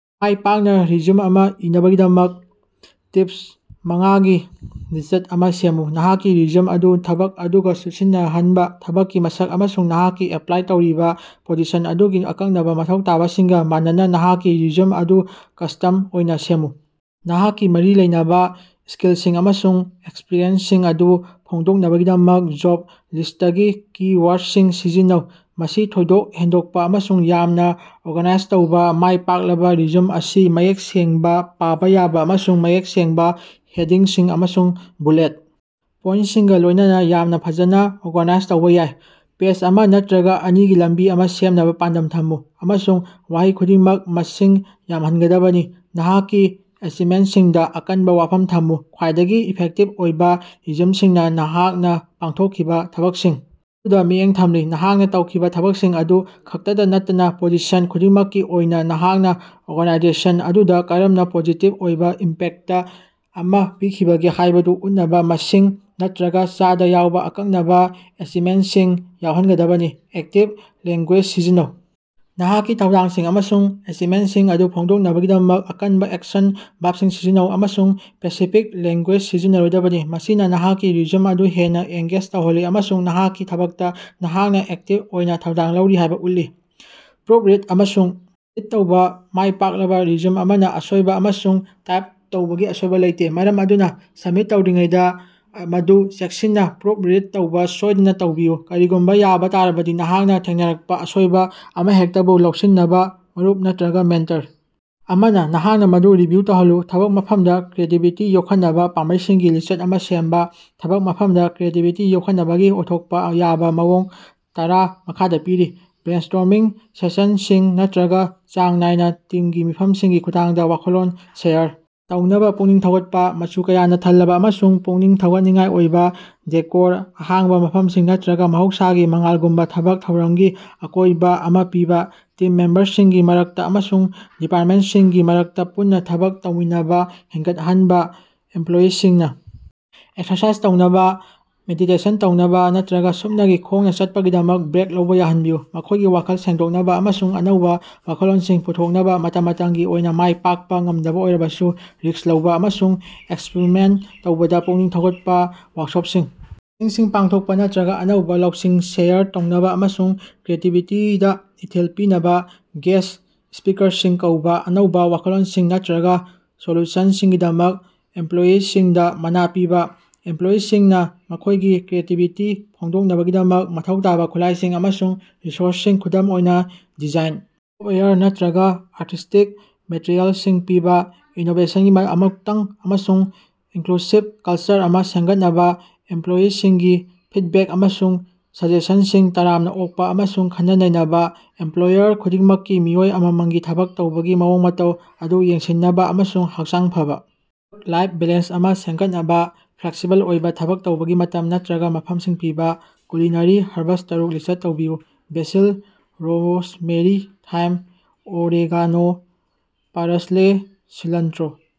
ꯃꯥꯏꯄꯥꯛꯅ résumé ꯑꯃ ꯏꯅꯕꯒꯤꯗꯃꯛ tips ꯃꯉꯥꯒꯤ list ꯑꯃ ꯁꯦꯝꯃꯨ꯫ ꯅꯍꯥꯛꯀꯤ ꯔꯤꯖ꯭ꯌꯨꯝ ꯑꯗꯨ ꯊꯕꯛ ꯑꯗꯨꯒꯥ ꯆꯨꯁꯤꯟꯅꯍꯟꯕꯥ: ꯊꯕꯛꯀꯤ ꯃꯁꯛ ꯑꯃꯁꯨꯡ ꯅꯍꯥꯛꯅꯥ ꯑꯦꯄꯂꯥꯏ ꯇꯧꯔꯤꯕꯥ ꯄꯣꯖꯤꯁꯟ ꯑꯗꯨꯒꯤ ꯑꯀꯛꯅꯕꯥ ꯃꯊꯧ ꯇꯥꯕꯁꯤꯡꯒꯥ ꯃꯥꯟꯅꯅꯥ ꯅꯍꯥꯛꯀꯤ ꯔꯤꯖ꯭ꯌꯨꯝ ꯑꯗꯨ ꯀꯁ꯭ꯇꯃꯁ ꯑꯣꯏꯅꯥ ꯁꯦꯝꯃꯨ꯫ ꯅꯍꯥꯛꯀꯤ ꯃꯔꯤ ꯂꯩꯅꯕꯥ ꯁ꯭ꯀꯤꯜꯁꯤꯡ ꯑꯃꯁꯨꯡ ꯑꯦꯛꯁꯄꯤꯔꯤꯑꯦꯟꯁꯁꯤꯡ ꯑꯗꯨ ꯐꯣꯡꯗꯣꯛꯅꯕꯒꯤꯗꯃꯛ ꯖꯣꯕ ꯂꯤꯁ꯭ꯇꯇꯒꯤ ꯀꯤ-ꯋꯥꯔꯗꯁꯤꯡ ꯁꯤꯖꯤꯟꯅꯧ꯫ ꯃꯁꯤ ꯊꯣꯏꯗꯣꯛ ꯍꯦꯟꯗꯣꯛꯄꯥ ꯑꯃꯁꯨꯡ ꯌꯥꯝꯅꯥ ꯑꯣꯔꯒꯅꯥꯏꯖ ꯇꯧꯕ: ꯃꯥꯏ ꯄꯥꯛꯂꯕꯥ ꯔꯤꯖ꯭ꯌꯨꯝ ꯑꯁꯤ ꯃꯌꯦꯛ ꯁꯦꯡꯕꯥ, ꯄꯥꯕꯥ ꯌꯥꯕ ꯑꯃꯁꯨꯡ ꯃꯌꯦꯛ ꯁꯦꯡꯕꯥ ꯍꯦꯗꯤꯡꯁꯤꯡ ꯑꯃꯁꯨꯡ ꯕꯨꯂꯦꯠ ꯄꯣꯏꯟꯇꯁꯤꯡꯒꯥ ꯂꯣꯏꯅꯅ ꯌꯥꯝꯅꯥ ꯐꯖꯅꯥ ꯑꯣꯔꯒꯅꯥꯏꯖ ꯇꯧꯕꯥ ꯌꯥꯏ꯫ ꯄꯦꯖ ꯑꯃ ꯅꯠꯇꯔꯒꯥ ꯑꯅꯤꯒꯤ ꯂꯝꯕꯤ ꯑꯃ ꯁꯦꯝꯅꯕꯥ ꯄꯥꯟꯗꯝ ꯊꯝꯃꯨ, ꯑꯃꯁꯨꯡ ꯋꯥꯍꯩ ꯈꯨꯗꯤꯡꯃꯛ ꯃꯁꯤꯡ ꯌꯥꯝꯍꯟꯒꯗꯕꯅꯤ꯫ ꯅꯍꯥꯛꯀꯤ ꯑꯦꯆꯤꯕꯃꯦꯟꯇꯁꯤꯡꯗꯥ ꯑꯀꯟꯕꯥ ꯋꯥꯐꯝ ꯊꯝꯃꯨ: ꯈ꯭ꯋꯥꯏꯗꯒꯤ ꯏꯐꯦꯛꯇꯤꯕ ꯑꯣꯏꯕꯥ ꯔꯤꯖ꯭ꯌꯨꯝꯁꯤꯡꯅ ꯅꯍꯥꯛꯅ ꯄꯥꯡꯊꯣꯛꯈꯤꯕ ꯊꯕꯛꯁꯤꯡ ꯑꯗꯨꯗ ꯃꯤꯠꯌꯦꯡ ꯊꯝꯂꯤ- ꯅꯍꯥꯛꯅꯥ ꯇꯧꯈꯤꯕ ꯊꯕꯛꯁꯤꯡ ꯑꯗꯨ ꯈꯛꯇꯗꯥ ꯅꯠꯇꯅꯥ꯫ ꯄꯣꯖꯤꯁꯟ ꯈꯨꯗꯤꯡꯃꯛꯀꯤ ꯑꯣꯏꯅꯥ, ꯅꯍꯥꯛꯅꯥ ꯑꯣꯔꯒꯥꯅꯥꯏꯖꯦꯁꯟ ꯑꯗꯨꯗꯥ ꯀꯔꯝꯅꯥ ꯄꯣꯖꯤꯇꯤꯚ ꯑꯣꯏꯕꯥ ꯏꯝꯄꯦꯛꯇ ꯑꯃ ꯄꯤꯈꯤꯕꯒꯦ ꯍꯥꯏꯕꯗꯨ ꯎꯠꯅꯕꯥ, ꯃꯁꯤꯡ ꯅꯠꯇꯔꯒꯥ ꯆꯥꯗꯥ ꯌꯥꯎꯕꯥ ꯑꯀꯛꯅꯕꯥ ꯑꯦꯆꯤꯚꯃꯦꯟꯇꯁꯤꯡ ꯌꯥꯎꯍꯟꯒꯗꯕꯅꯤ꯫ ꯑꯦꯛꯇꯤꯕ ꯂꯦꯡꯒꯨꯌꯦꯖ ꯁꯤꯖꯤꯟꯅꯧ: ꯅꯍꯥꯛꯀꯤ ꯊꯧꯗꯥꯡꯁꯤꯡ ꯑꯃꯁꯨꯡ ꯑꯦꯆꯤꯕꯃꯦꯟꯇꯁꯤꯡ ꯑꯗꯨ ꯐꯣꯡꯗꯣꯛꯅꯕꯒꯤꯗꯃꯛ ꯑꯀꯟꯕꯥ ꯑꯦꯛꯁꯟ ꯕꯔꯕꯁꯤꯡ ꯁꯤꯖꯤꯟꯅꯧ, ꯑꯃꯁꯨꯡ ꯄꯦꯁꯤꯐꯤꯛ ꯂꯦꯡꯒꯨꯌꯦꯖ ꯁꯤꯖꯤꯟꯅꯔꯣꯏꯗꯕꯅꯤ꯫ ꯃꯁꯤꯅꯥ ꯅꯍꯥꯛꯀꯤ ꯔꯤꯖ꯭ꯌꯨꯝ ꯑꯗꯨ ꯍꯦꯟꯅꯥ ꯑꯦꯡꯒꯦꯖ ꯇꯧꯍꯜꯂꯤ ꯑꯃꯁꯨꯡ ꯅꯍꯥꯛꯀꯤ ꯊꯕꯛꯇꯥ ꯅꯍꯥꯛꯅꯥ ꯑꯦꯛꯇꯤꯕ ꯑꯣꯏꯅꯥ ꯊꯧꯗꯥꯡ ꯂꯧꯔꯤ ꯍꯥꯏꯕꯥ ꯎꯠꯂꯤ꯫ ꯄ꯭ꯔꯨꯐꯔꯤꯗ ꯑꯃꯁꯨꯡ ꯑꯦꯗꯤꯠ ꯇꯧꯕꯥ: ꯃꯥꯏꯄꯥꯛꯂꯕꯥ ꯔꯤꯖ꯭ꯌꯨꯝ ꯑꯃꯅꯥ ꯑꯁꯣꯏꯕ ꯑꯃꯁꯨꯡ ꯇꯥꯏꯞ ꯇꯧꯕꯒꯤ ꯑꯁꯣꯏꯕꯥ ꯂꯩꯇꯦ, ꯃꯔꯝ ꯑꯗꯨꯅꯥ ꯁꯕꯃꯤꯠ ꯇꯧꯗ꯭ꯔꯤꯉꯩꯗꯥ ꯃꯗꯨ ꯆꯦꯛꯁꯤꯟꯅꯥ ꯄ꯭ꯔꯨꯐ ꯔꯤꯗ ꯇꯧꯕꯥ ꯁꯣꯏꯗꯅꯥ ꯇꯧꯕꯤꯌꯨ꯫ ꯀꯔꯤꯒꯨꯝꯕꯥ ꯌꯥꯕꯥ ꯇꯥꯔꯕꯗꯤ, ꯅꯍꯥꯛꯅꯥ ꯊꯦꯡꯅꯔꯛꯄꯥ ꯑꯁꯣꯏꯕꯥ ꯑꯃꯍꯦꯛꯇꯕꯨ ꯂꯧꯁꯤꯟꯅꯕꯥ ꯃꯔꯨꯞ ꯅꯠꯇꯔꯒꯥ ꯃꯦꯟꯇꯔ ꯑꯃꯅꯥ ꯅꯍꯥꯛꯅꯥ ꯃꯗꯨ ꯔꯤꯚꯤꯌꯨ ꯇꯧꯍꯜꯂꯨ꯫ ꯊꯕꯛ ꯃꯐꯝꯗꯥ ꯀ꯭ꯔꯤꯌꯦꯇꯤꯕꯤꯇꯤ ꯌꯣꯛꯈꯠꯅꯕꯥ ꯄꯥꯝꯕꯩꯁꯤꯡꯒꯤ ꯂꯤꯁꯠ ꯑꯃ ꯁꯦꯝꯕꯥ꯫ ꯊꯕꯛ ꯃꯐꯝꯗꯥ ꯀ꯭ꯔꯤꯌꯦꯇꯤꯕꯤꯇꯤ ꯌꯣꯛꯈꯠꯅꯕꯒꯤ ꯑꯣꯏꯊꯣꯛꯄꯥ ꯌꯥꯕꯥ ꯃꯑꯣꯡ ꯇꯔꯥ ꯃꯈꯥꯗꯥ ꯄꯤꯔꯤ: ꯕ꯭ꯔꯦꯟꯁ꯭ꯇꯣꯔꯃꯤꯡ ꯁꯦꯁꯅꯁꯤꯡ ꯅꯠꯇꯔꯒꯥ ꯆꯥꯡ ꯅꯥꯏꯅꯥ ꯇꯤꯃꯒꯤ ꯃꯤꯐꯝꯁꯤꯡꯒꯤ ꯈꯨꯠꯊꯥꯡꯗꯥ ꯋꯥꯈꯜꯂꯣꯟ ꯁꯦꯌꯔ ꯇꯧꯅꯕꯥ ꯄꯨꯛꯅꯤꯡ ꯊꯧꯒꯠꯄꯥ꯫ ꯃꯆꯨ ꯀꯌꯥꯅꯥ ꯊꯜꯂꯕꯥ ꯑꯃꯁꯨꯡ ꯄꯨꯛꯅꯤꯡ ꯊꯧꯒꯠꯅꯤꯡꯉꯥꯏ ꯑꯣꯏꯕꯥ ꯗꯦꯀꯣꯔ, ꯑꯍꯥꯡꯕꯥ ꯃꯐꯝꯁꯤꯡ ꯅꯠꯇꯔꯒꯥ ꯃꯍꯧꯁꯥꯒꯤ ꯃꯉꯥꯜꯒꯨꯝꯕꯥ ꯊꯕꯛ ꯊꯧꯔꯝꯒꯤ ꯑꯀꯣꯏꯕꯥ ꯑꯃ ꯄꯤꯕꯥ꯫ ꯇꯤꯝ ꯃꯦꯝꯕꯔꯁꯤꯡꯒꯤ ꯃꯔꯛꯇꯥ ꯑꯃꯁꯨꯡ ꯗꯤꯄꯥꯔꯇꯃꯦꯟꯇꯁꯤꯡꯒꯤ ꯃꯔꯛꯇꯥ ꯄꯨꯟꯅꯥ ꯊꯕꯛ ꯇꯧꯃꯤꯟꯅꯕꯥ ꯍꯦꯟꯒꯠꯍꯟꯕ ꯫ ꯏꯝꯄꯂꯣꯌꯤꯁꯤꯡꯅ ꯑꯦꯛꯁꯔꯁꯥꯏꯖ ꯇꯧꯅꯕꯥ, ꯃꯦꯗꯤꯇꯦꯁꯟ ꯇꯧꯅꯕꯥ ꯅꯠꯇꯔꯒꯥ ꯁꯨꯞꯅꯒꯤ ꯈꯣꯡꯅꯥ ꯆꯠꯄꯒꯤꯗꯃꯛ ꯕ꯭ꯔꯦꯛ ꯂꯧꯕꯥ ꯌꯥꯍꯟꯕꯤꯌꯨ, ꯃꯈꯣꯏꯒꯤ ꯋꯥꯈꯜ ꯁꯦꯡꯗꯣꯛꯅꯕꯥ ꯑꯃꯁꯨꯡ ꯑꯅꯧꯕꯥ ꯋꯥꯈꯜꯂꯣꯅꯁꯤꯡ ꯄꯨꯊꯣꯛꯅꯕꯥ꯫ ꯃꯇꯝ ꯃꯇꯝꯒꯤ ꯑꯣꯏꯅꯥ ꯃꯥꯏ ꯄꯥꯛꯄꯥ ꯉꯝꯗꯕꯥ ꯑꯣꯏꯔꯕꯁꯨ ꯔꯤꯁꯛ ꯂꯧꯕꯥ ꯑꯃꯁꯨꯡ ꯑꯦꯛꯁꯄꯔꯤꯃꯦꯟꯇ ꯇꯧꯕꯗꯥ ꯄꯨꯛꯅꯤꯡ ꯊꯧꯒꯠꯄꯥ꯫ ꯋꯥꯔꯀꯁꯣꯄꯁꯤꯡ, ꯇ꯭ꯔꯦꯅꯤꯡꯁꯤꯡ ꯄꯥꯡꯊꯣꯛꯄꯥ ꯅꯠꯇꯔꯒꯥ ꯑꯅꯧꯕꯥ ꯂꯧꯁꯤꯡ ꯁꯦꯌꯔ ꯇꯧꯅꯕꯥ ꯑꯃꯁꯨꯡ ꯀ꯭ꯔꯤꯌꯦꯇꯤꯕꯤꯇꯤꯗꯥ ꯏꯊꯤꯜ ꯄꯤꯅꯕꯥ ꯒꯦꯁꯠ ꯁ꯭ꯄꯤꯀꯔꯁꯤꯡ ꯀꯧꯕꯥ꯫ ꯑꯅꯧꯕꯥ ꯋꯥꯈꯜꯂꯣꯟꯁꯤꯡ ꯅꯠꯔꯒꯥ ꯁꯣꯂꯨꯁꯟꯁꯤꯡꯒꯤꯗꯃꯛ ꯏꯝꯄꯂꯣꯌꯤꯁꯤꯡꯗꯥ ꯃꯅꯥ ꯄꯤꯕꯥ꯫ ꯏꯝꯄꯂꯣꯌꯤꯁꯤꯡꯅꯥ ꯃꯈꯣꯏꯒꯤ ꯀ꯭ꯔꯤꯌꯦꯇꯤꯕꯤꯇꯤ ꯐꯣꯡꯗꯣꯛꯅꯕꯒꯤꯗꯃꯛ ꯃꯊꯧ ꯇꯥꯕꯥ ꯈꯨꯠꯂꯥꯏꯁꯤꯡ ꯑꯃꯁꯨꯡ ꯔꯤꯁꯣꯔꯁꯁꯤꯡ, ꯈꯨꯗꯝ ꯑꯣꯏꯅꯥ ꯗꯤꯖꯥꯏꯟ ꯁꯣꯐꯋꯦꯌꯔ ꯅꯠꯔꯒꯥ ꯑꯥꯔꯇꯤꯁꯇꯤꯛ ꯃꯦꯇꯔꯤꯑꯦꯂꯁꯤꯡ ꯄꯤꯕꯥ꯫ ꯏꯅꯣꯕꯦꯁꯟꯒꯤ ꯑꯃꯨꯛꯇꯪ ꯑꯃꯁꯨꯡ ꯏꯟꯀ꯭ꯂꯨꯁꯤꯕ ꯀꯜꯆꯔ ꯑꯃ ꯁꯦꯝꯒꯠꯅꯕꯥ, ꯏꯝꯄꯂꯣꯌꯤꯁꯤꯡꯒꯤ ꯐꯤꯗꯕꯦꯛ ꯑꯃꯁꯨꯡ ꯁꯖꯦꯁꯟꯁꯤꯡ ꯇꯔꯥꯝꯅꯥ ꯑꯣꯛꯄꯥ ꯑꯃꯁꯨꯡ ꯈꯟꯅ-ꯅꯩꯅꯕꯥ꯫ ꯑꯦꯃꯄꯂꯣꯌꯔ ꯈꯨꯗꯤꯡꯃꯛꯀꯤ ꯃꯤꯑꯣꯏ ꯑꯃꯃꯝꯒꯤ ꯊꯕꯛ ꯇꯧꯕꯒꯤ ꯃꯑꯣꯡ ꯃꯇꯧ ꯑꯗꯨ ꯌꯦꯡꯁꯤꯟꯅꯕꯥ ꯑꯃꯁꯨꯡ ꯍꯛꯆꯥꯡ ꯐꯕꯥ ꯂꯥꯏꯐ ꯕꯦꯂꯦꯟꯁ ꯑꯃ ꯁꯦꯝꯒꯠꯅꯕꯥ, ꯐ꯭ꯂꯦꯛꯁꯤꯕꯜ ꯑꯣꯏꯕꯥ ꯊꯕꯛ ꯇꯧꯕꯒꯤ ꯃꯇꯝ ꯅꯠꯇꯔꯒꯥ ꯃꯐꯃꯁꯤꯡ ꯄꯤꯕꯥ꯫ ꯀꯨꯂꯤꯅꯔꯤ ꯍꯔꯕꯁ ꯇꯔꯨꯛ ꯂꯤꯁꯠ ꯇꯧꯕꯤꯌꯨ꯫ Basil rosemary thyme oregano parsley ꯁꯤꯂꯟꯇꯔꯣ